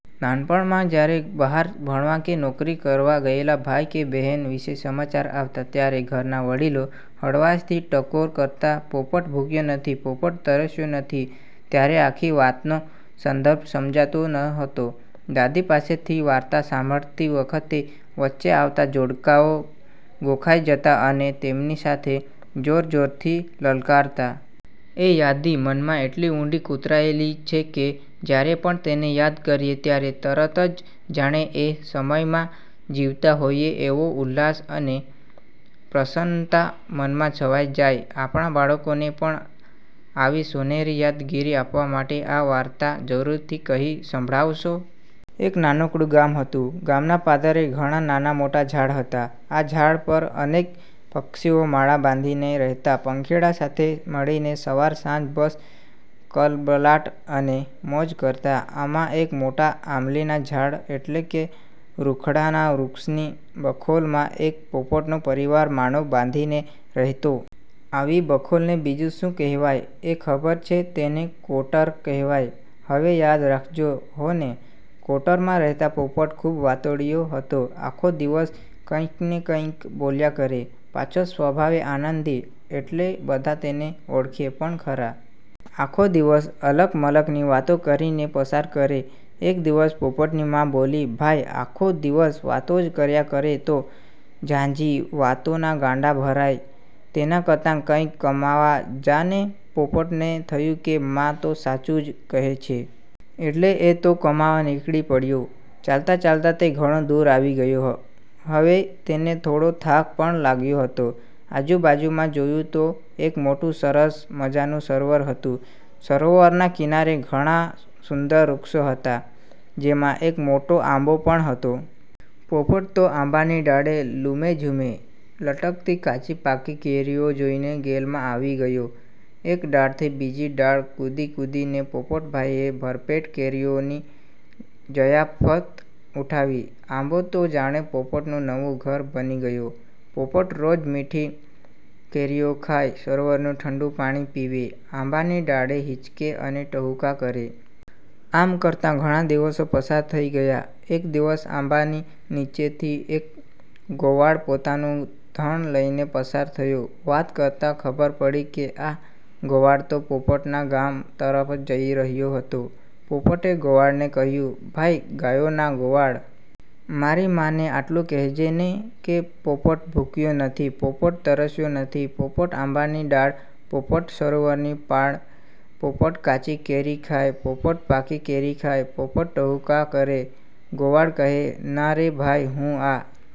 નાનપણમાં જ્યારે બહાર ભણવા કે નોકરી કરવા ગયેલા ભાઈ કે બહેન વિશે સમાચાર આવતા, ત્યારે ઘરના વડીલો હળવાશથી ટકોર કરતા, “પોપટ ભૂખ્યો નથી, પોપટ તરસ્યો નથી.” ત્યારે આખી વાતનો સંદર્ભ સમજાતો નહોતો. દાદી પાસેથી વાર્તા સાંભળતી વખતે વચ્ચે આવતા જોડકણાં ગોખાઈ જતા અને તેમની સાથે જોરજોરથી લલકારતા. એ યાદી મનમાં એટલી ઊંડી કોતરાયેલી છે કે જ્યારે પણ તેને યાદ કરીએ, ત્યારે તરત જ જાણે એ સમયમાં જીવતા હોઈએ એવો ઉલ્લાસ અને પ્રસન્નતા મનમાં છવાઈ જાય. આપના બાળકોને પણ આવી સોનેરી યાદગીરી આપવા માટે આ વાર્તા જરૂરથી કહી સંભળાવશો. એક નાનકડું ગામ હતું. ગામના પાદરે ઘણાં નાનાં-મોટાં ઝાડ હતાં. આ ઝાડ પર અનેક પક્ષીઓ માળા બાંધીને રહેતા. પંખીડાં સાથે મળીને સવાર-સાંજ બસ કલબલાટ અને મોજ કરતા. આમાં એક મોટા આમલીના ઝાડ એટલે કે રૂખડાના વૃક્ષની બખોલમાં એક પોપટનો પરિવાર માળો બાંધીને રહેતો. આવી બખોલને બીજું શું કહેવાય એ ખબર છે? તેને “કોટર” કહેવાય. હવે યાદ રાખજો હોં ને! કોટરમાં રહેતો પોપટ ખૂબ વાતોડિયો હતો. આખો દિવસ કંઈક ને કંઈક બોલ્યા કરે. પાછો સ્વભાવે આનંદી, એટલે બધા તેને ઓળખે પણ ખરા. આખો દિવસ અલક-મલકની વાતો કરીને પસાર કરે. એક દિવસ પોપટની મા બોલી, “ભાઈ, આખો દિવસ વાતો જ કર્યા કરે તો? ઝાઝી વાતોનાં ગાડાં ભરાય તેના કરતાં કંઈક કમાવા જા ને!” પોપટને થયું કે મા તો સાચું જ કહે છે. એટલે એ તો કમાવા નીકળી પડ્યો. ચાલતાં-ચાલતાં તે ઘણો દૂર આવી ગયો. હવે તેને થોડો થાક પણ લાગ્યો હતો. આજુબાજુમાં જોયું તો એક મોટું, સરસ મજાનું સરોવર હતું. સરોવરના કિનારે ઘણાં સુંદર વૃક્ષો હતાં, જેમાં એક મોટો આંબો પણ હતો. પોપટ તો આંબાની ડાળે લૂમેઝૂમે લટકતી કાચી-પાકી કેરીઓ જોઈને ગેલમાં આવી ગયો. એક ડાળથી બીજી ડાળ કૂદી-કૂદીને પોપટભાઈએ ભરપેટ કેરીઓની જયાફત ઉડાવી. આંબો તો જાણે પોપટનું નવું ઘર બની ગયો. પોપટ રોજ મીઠી કેરીઓ ખાય, સરોવરનું ઠંડું પાણી પીવે, આંબાની ડાળે હિંચકે અને ટહુકા કરે. આમ કરતાં ઘણાં દિવસો પસાર થઈ ગયા. એક દિવસ આંબાની નીચેથી એક ગોવાળ પોતાનું ધણ લઈને પસાર થયો. વાત કરતાં ખબર પડી કે આ ગોવાળ તો પોપટના ગામ તરફ જઈ રહ્યો હતો. પોપટે ગોવાળને કહ્યું, “ભાઈ ગાયોના ગોવાળ! મારી મા ને આટલું કહેજે ને કે, ‘પોપટ ભૂખ્યો નથી, પોપટ તરસ્યો નથી, પોપટ આંબાની ડાળ, પોપટ સરોવરની પાળ. પોપટ કાચી કેરી ખાય, પોપટ પાકી કેરી ખાય, પોપટ ટહૂકા કરે!’” ગોવાળ કહે, “ના રે ભાઈ, હું આ...